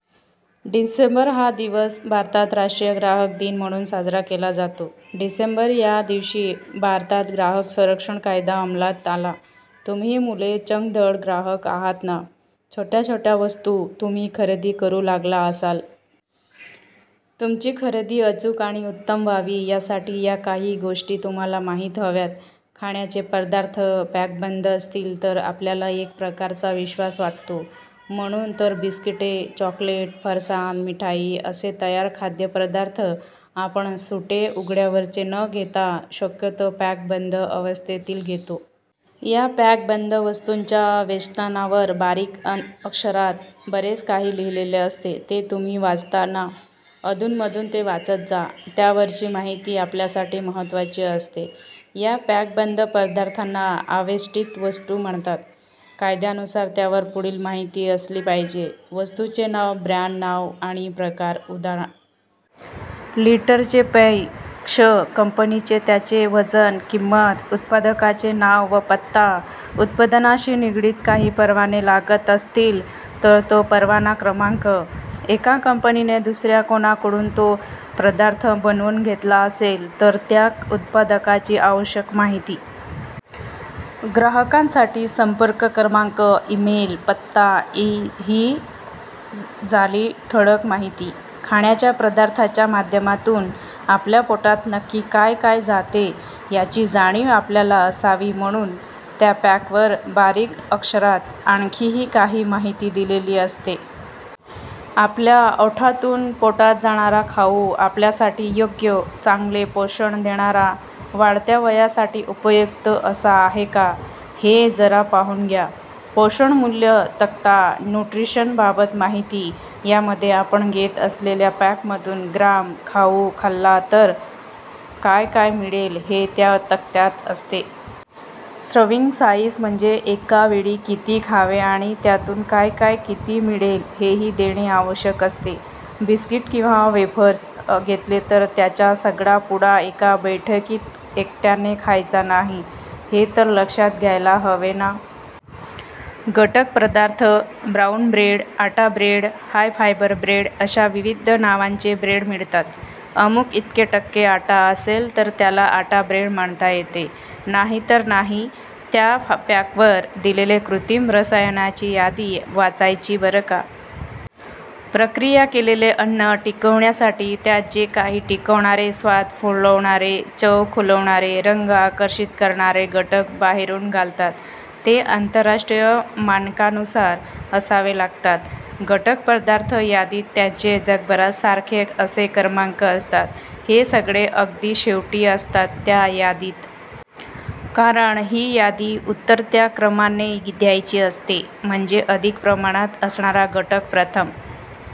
डिसेंबर हा दिवस भारतात 'राष्ट्रीय ग्राहक दिन' म्हणून साजरा केला जातो. डिसेंबर या दिवशी, भारतात 'ग्राहक संरक्षण कायदा' अमलात आला. तुम्ही मुले चोखंदळ ग्राहक आहात ना? छोट्या छोट्या वस्तू तुम्ही खरेदी करू लागला असाल. तुमची खरेदी अचूक आणि उत्तम व्हावी, यासाठी या काही गोष्टी तुम्हांला माहीत हव्यात. खाण्याचे पदार्थ पॅकबंद असतील तर आपल्याला एक प्रकारचा विश्वास वाटतो. म्हणून तर बिस्किटे, चॉकलेट, फरसाण, मिठाई असे तयार खाद्यपदार्थ आपण सुटे, उघड्यावरचे न घेता, शक्यतो पॅकबंद अवस्थेतील घेतो. या पॅकबंद वस्तूंच्या वेष्टनावर बारीक अक्षरांत बरेच काही लिहिलेले असते. ते तुम्ही वाचता ना? अधूनमधून ते वाचत जा. त्यावरची माहिती आपल्यासाठी महत्त्वाची असते. या पॅकबंद पदार्थांना आवेष्टित वस्तू म्हणतात. कायद्यानुसार त्यावर पुढील माहिती असली पाहिजे: वस्तूचे नाव ब्रँड नाव आणि प्रकार- उदा. लिटरचे पेय, 'क्ष' कंपनीचे त्याचे वजन- किंमत- उत्पादकाचे नाव व पत्ता. उत्पादनाशी निगडित काही परवाने लागत असतील तर तो परवाना क्रमांक. एका कंपनीने दुसऱ्या कोणाकडून तो पदार्थ बनवून घेतला असेल, तर त्या उत्पादकाची आवश्यक माहिती. ग्राहकांसाठी संपर्क क्रमांक, इमेल, पत्ता, इ. ही झाली ठोकळ माहिती. खाण्याच्या पदार्थांच्या माध्यमातून आपल्या पोटात नक्की काय काय जाते, याची जाणीव आपल्याला असावी म्हणून त्या पॅकवर बारीक अक्षरांत आणखीही काही माहिती दिलेली असते. आपल्या ओठांतून पोटात जाणारा खाऊ आपल्यासाठी योग्य, चांगले पोषण देणारा, वाढत्या वयासाठी उपयुक्त असा आहे का, हे जरा पाहून घ्या.. पोषण मूल्य तक्ता- न्युट्रिशनबाबत माहिती: यामध्ये आपण घेत असलेल्या पॅकमधून ग्रॅम खाऊ खाल्ला तर काय काय मिळेल हे त्या तक्त्यात असते. सव्र्हिंग साइझ- म्हणजे एका वेळी किती खावे आणि त्यातून काय काय, किती मिळेल, हेही देणे आवश्यक असते. बिस्कीट किंवा वेफर्स घेतले तर त्याचा सगळा पुडा एका बैठकीत एकट्याने खायचा नाही, हे तर लक्षात घ्यायला हवे ना!. घटक पदार्थ- ब्राऊन ब्रेड, आटा ब्रेड, हाय फायबर ब्रेड अशा विविध नावांचे ब्रेड मिळतात. अमुक इतके टक्के आटा असेल तर त्याला आटा ब्रेड म्हणता येते, नाहीतर नाही. त्या पॅकवर दिलेली कृत्रिम रसायनांची यादी वाचायची बरं का! प्रक्रिया केलेले अन्न टिकविण्यासाठी त्यात जे काही टिकवणारे, स्वाद फुलवणारे, चव खुलविणारे, रंग आकर्षक करणारे घटक बाहेरून घालतात, ते आंतरराष्ट्रीय मानकांनुसार असावे लागतात. घटक पदार्थ यादीत त्यांचे जगभरात सारखे असे क्रमांक असतात. हे सगळे अगदी शेवटी असतात त्या यादीत. कारण ही यादी उतरत्या क्रमाने द्यायची असते. म्हणजे अधिक प्रमाणात असणारा घटक प्रथम